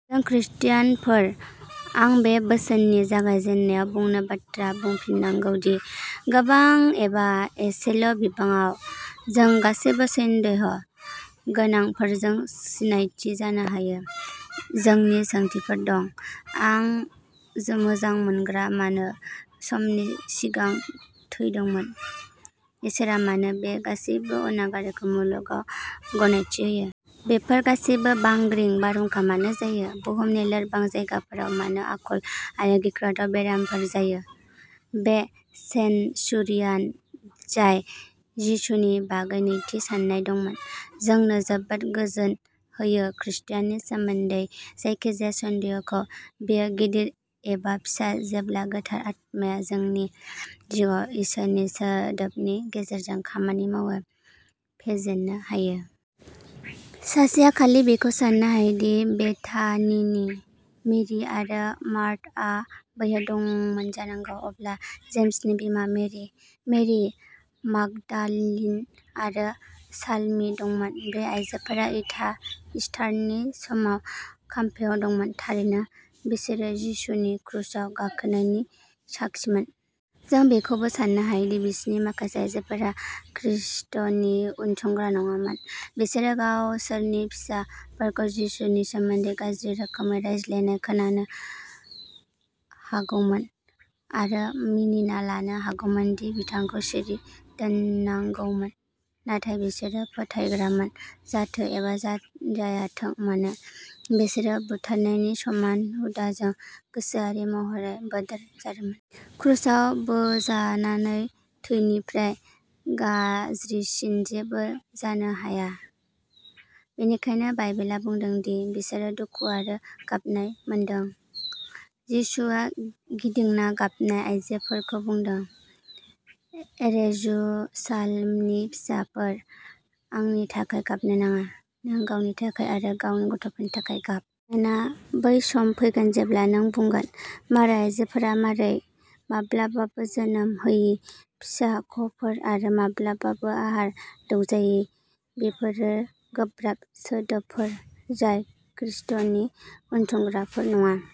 जों ख्रिस्टियानफोर, आं बे बोसोननि जागायजेननायाव बुंनाय बाथ्राखौ बुंफिननांगौ दि, गोबां एबा एसेल'बिबाङाव, जों गासैबो सन्देह' गोनांफोरजों सिनायथि जानो हायो। जोंनि सोंथिफोर दं। आं जों मोजां मोनग्राया मानो समनि सिगां थैदोंमोन? इसोरआ मानो बे गासैबो अनागारिखौ मुलुगाव गनायथि होयो? बेफोर गासैबो बांग्रि, बारहुंखा मानो जायो? बुहुमनि लोरबां जायगाफोराव मानो आंखाल आरो गिख्रंथाव बेरामफोर जायो? बे सेनचुरियान, जाय जिसुनि बागै नैथि साननाय दंमोन, जोंनो जोबोद गोजोन होयो ख्रिस्यान’नि सोमोन्दै जायखिजाया सन्देह'खौ, बेयो गिदिर एबा फिसा जेब्ला गोथार आत्माया जोंनि जिउआव इसोरनि सोदोबनि गेजेरजों खामानि मावो, फेजेननो हायो। सासेआ खालि बेखौ साननो हायो दि बेथानिनि मेरि आरो मार्थाआ बैयाव दंमोन जानांगौ। अब्ला जेम्सनि बिमा मेरि, मेरि मागदालिन आरो साल'मि दंमोन। बे आइजोफोरा इटा इस्टारनि समाव खाम्फायाव दंमोन। थारैनो बिसोर जिसुनि क्रुसाव गाखोनायनि साखिमोन। जों बेखौबो साननो हायो दि बिसिनि माखासे आइजोफोरा ख्रिस्ट’नि उनसंग्रा नङामोन। बिसोरो गावसोरनि फिसाफोरखौ जिसुनि सोमोन्दै गाज्रि रोखोमै रायज्लायनाय खोनानो हागौमोन, आरो मिनिना लानो हागौमोन दि बिथांखौ सिरि दोननांगौमोन। नाथाय बिसोरो फोथायग्रामोन जाथो एबा जायाथों मानो, बिसोर बुथारनायनि समान हुदाजों गोसोआरि महरै बोदोर जादोंमोन। क्रुसाव बोजानानै थैनिफ्राइ गाज्रिसिन जेबो जानो हाया, बेनिखायनो बाइबेला बुंदों दि बिसोरो दुखु आरो गाबनाय मोनदों। जिसुआ गिदिंना गाबनाय आयजोफोरखौ बुंदों, "रेजुसालेमनि फिसाजोफोर, आंनि थाखाय गाबनो नाङा; नों गावनि थाखाय आरो गावनि गथ'फोरनि थाखाय गाब। मानोना बै सम फैगोन जेब्ला नों बुंगोन, मारै आयजोफोरा मारै, माब्लाबाबो जोनोम होयि फिसाख'फोर आरो माब्लाबाबो आहार दौजायै बेफोरो गोब्राब सोदोबफोर जाय ख्रिस्ट’नि उनसंग्राफोर नङा।